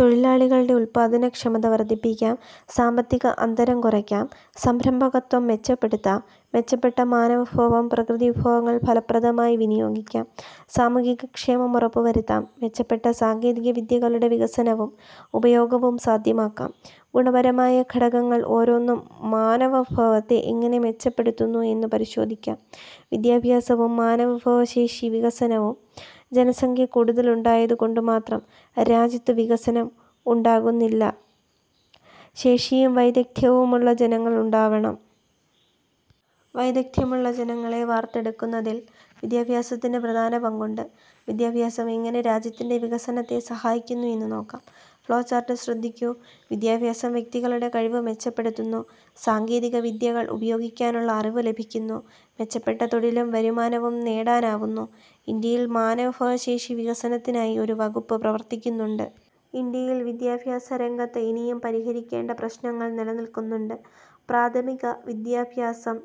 തൊഴിലാളികളുടെ ഉൽപ്പാദന ക്ഷമത വർധിപ്പിക്കാം. സാമ്പത്തിക അന്തരം കുറയ്ക്കാം. സംരംഭകത്വം മെച്ചപ്പെടുത്താം. മെച്ചപ്പെട്ട മാനവ വിഭവം പ്രകൃതിവിഭവങ്ങൾ ഫലപ്രദമായി വിനിയോഗിക്കാം. സാമൂഹികക്ഷേമം ഉറപ്പുവരുത്താം. മെച്ചപ്പെട്ട സാങ്കേതികവിദ്യകളുടെ വികസനവും ഉപയോഗവും സാധ്യമാക്കാം. ഗുണപരമായ ഘടകങ്ങൾ ഓരോന്നും മാനവവിഭവത്തെ എങ്ങനെ മെച്ചപ്പെടുത്തുന്നു എന്നു പരിശോധിക്കാം. വിദ്യാഭ്യാസവും മാനവവിഭവശേഷി വികസനവും ജനസംഖ്യ കൂടുതൽ ഉണ്ടായതുകൊണ്ടുമാത്രം രാജ്യത്ത് വികസനം ഉണ്ടാകുന്നില്ല; ശേഷിയും വൈദഗ്ധ്യവുമുള്ള ജനങ്ങൾ ഉണ്ടാവണം. വൈദഗ്ധ്യമുള്ള ജനങ്ങളെ വാർത്തെടുക്കുന്നതിൽ വിദ്യാഭ്യാസത്തിന് പ്രധാന പങ്കുണ്ട്. വിദ്യാഭ്യാസം എങ്ങനെ രാജ്യത്തിന്റെ വികസനത്തെ സഹായിക്കുന്നു എന്നു നോക്കാം. ഫ്ളോചാർട്ട് ശ്രദ്ധിക്കൂ. വിദ്യാഭ്യാസം വ്യക്തികളുടെ കഴിവ് മെച്ചപ്പെടുത്തുന്നു. സാങ്കേതികവിദ്യകൾ ഉപയോഗിക്കാനുള്ള അറിവ് ലഭിക്കുന്നു. മെച്ചപ്പെട്ട തൊഴിലും വരുമാനവും നേടാനാവുന്നു. ഇന്ത്യയിൽ മാനവവിഭവശേഷി വികസനത്തിനായി ഒരു വകുപ്പ് പ്രവർത്തിക്കുന്നുണ്ട്. ഇന്ത്യയിൽ വിദ്യാഭ്യാസരംഗത്ത് ഇനിയും പരിഹരിക്കേണ്ട പ്രശ്നങ്ങൾ നിലനിൽക്കുന്നുണ്ട്. പ്രാഥമികവിദ്യാഭ്യാസം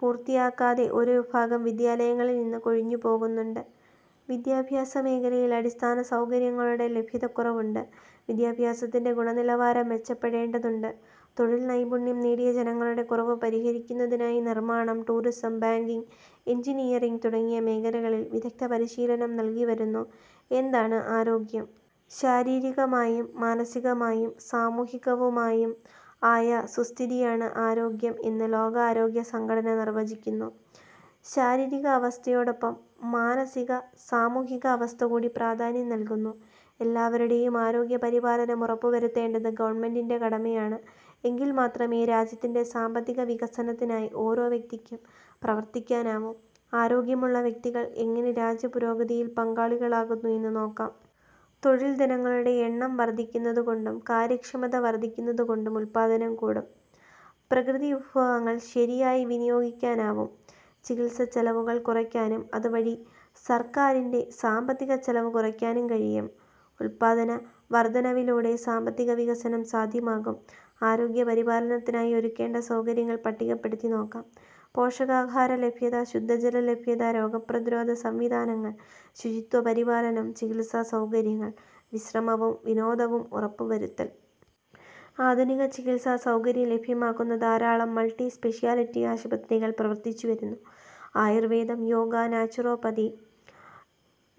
പൂർത്തിയാക്കാതെ ഒരു വിഭാഗം വിദ്യാലയങ്ങളിൽനിന്ന് കൊഴിഞ്ഞുപോകുന്നുണ്ട്. വിദ്യാഭ്യാസമേഖലയിൽ അടിസ്ഥാനസൗകര്യങ്ങളുടെ ലഭ്യതക്കുറവുണ്ട്. വിദ്യാഭ്യാസത്തിന്റെ ഗുണനിലവാരം മെച്ചപ്പെടേണ്ടതുണ്ട്. തൊഴിൽ നൈപുണ്യം നേടിയ ജനങ്ങളുടെ കുറവ് പരിഹരിക്കുന്നതിനായി നിർമാണം, ടൂറിസം, ബാങ്കിങ്, എൻജിനിയറിങ് തുടങ്ങിയ മേഖലകളിൽ വിദഗ്ധപരിശീലനം നൽകിവരുന്നു. എന്താണ് ആരോഗ്യം? ശാരീരികമായും മാനസികമായും സാമൂഹികവുമായും ആയ സുസ്ഥിതിയാണ് ആരോഗ്യം എന്ന് ലോകാരോഗ്യ സംഘടന നിർവചിക്കുന്നു. ശാരീരിക അവസ്ഥയോടൊപ്പം മാനസിക-സാമൂഹിക അവസ്ഥകൂടി പ്രാധാന്യം നൽകുന്നു. എല്ലാവരുടെയും ആരോഗ്യപരിപാലനം ഉറപ്പുവരുത്തേണ്ടത് ഗവൺമെന്റിന്റെ കടമയാണ്. എങ്കിൽ മാത്രമേ രാജ്യത്തിന്റെ സാമ്പത്തികവികസനത്തിനായി ഓരോ വ്യക്തിക്കും പ്രവർത്തിക്കാനാവൂ. ആരോഗ്യമുള്ള വ്യക്തികൾ എങ്ങനെ രാജ്യപുരോഗതിയിൽ പങ്കാളികളാകുന്നു എന്നു നോക്കാം. തൊഴിൽ ദിനങ്ങളുടെ എണ്ണം വർധിക്കുന്നതുകൊണ്ടും കാര്യക്ഷമത വർധിക്കുന്നതുകൊണ്ടും ഉൽപ്പാദനം കൂടും. പ്രകൃതിവിഭവങ്ങൾ ശരിയായി വിനിയോഗിക്കാനാവും. ചികിത്സച്ചെലവുകൾ കുറയ്ക്കാനും അതുവഴി സർക്കാരിന്റെ സാമ്പത്തികച്ചെലവ് കുറയ്ക്കാനും കഴിയും. ഉൽപ്പാദനവർധനവിലൂടെ സാമ്പത്തികവികസനം സാധ്യമാകും. ആരോഗ്യപരിപാലനത്തിനായി ഒരുക്കേണ്ട സൗകര്യങ്ങൾ പട്ടികപ്പെടുത്തി നോക്കാം. പോഷകാഹാരലഭ്യത. ശുദ്ധജലലഭ്യത. രോഗപ്രതിരോധ സംവിധാനങ്ങൾ. ശുചിത്വപരിപാലനം. ചികിത്സാസൗകര്യങ്ങൾ. വിശ്രമവും വിനോദവും ഉറപ്പുവരുത്തൽ. ആധുനിക ചികിത്സാസൗകര്യം ലഭ്യമാക്കുന്ന ധാരാളം മൾട്ടി സ്പെഷ്യാലിറ്റി ആശുപത്രികൾ പ്രവർത്തിച്ചു വരുന്നു. ആയുർവേദം, യോഗ, നാച്ചുറോപ്പതി,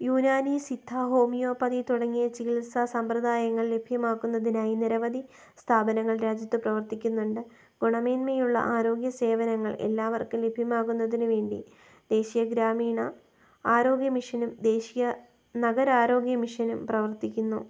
യുനാനി, സിദ്ധ, ഹോമിയോപ്പതി തുടങ്ങിയ ചികിത്സാസമ്പ്രദായങ്ങൾ ലഭ്യമാക്കുന്നതിനായി നിരവധി സ്ഥാപനങ്ങൾ രാജ്യത്തു പ്രവർത്തിക്കുന്നുണ്ട്. ഗുണമേന്മയുള്ള ആരോഗ്യസേവനങ്ങൾ എല്ലാവർക്കും ലഭ്യമാക്കുന്നതിനുവേണ്ടി ദേശീയ ഗ്രാമീണ ആരോഗ്യ മിഷനും ദേശീയ നഗരാരോഗ്യ മിഷനും പ്രവർത്തിക്കുന്നു.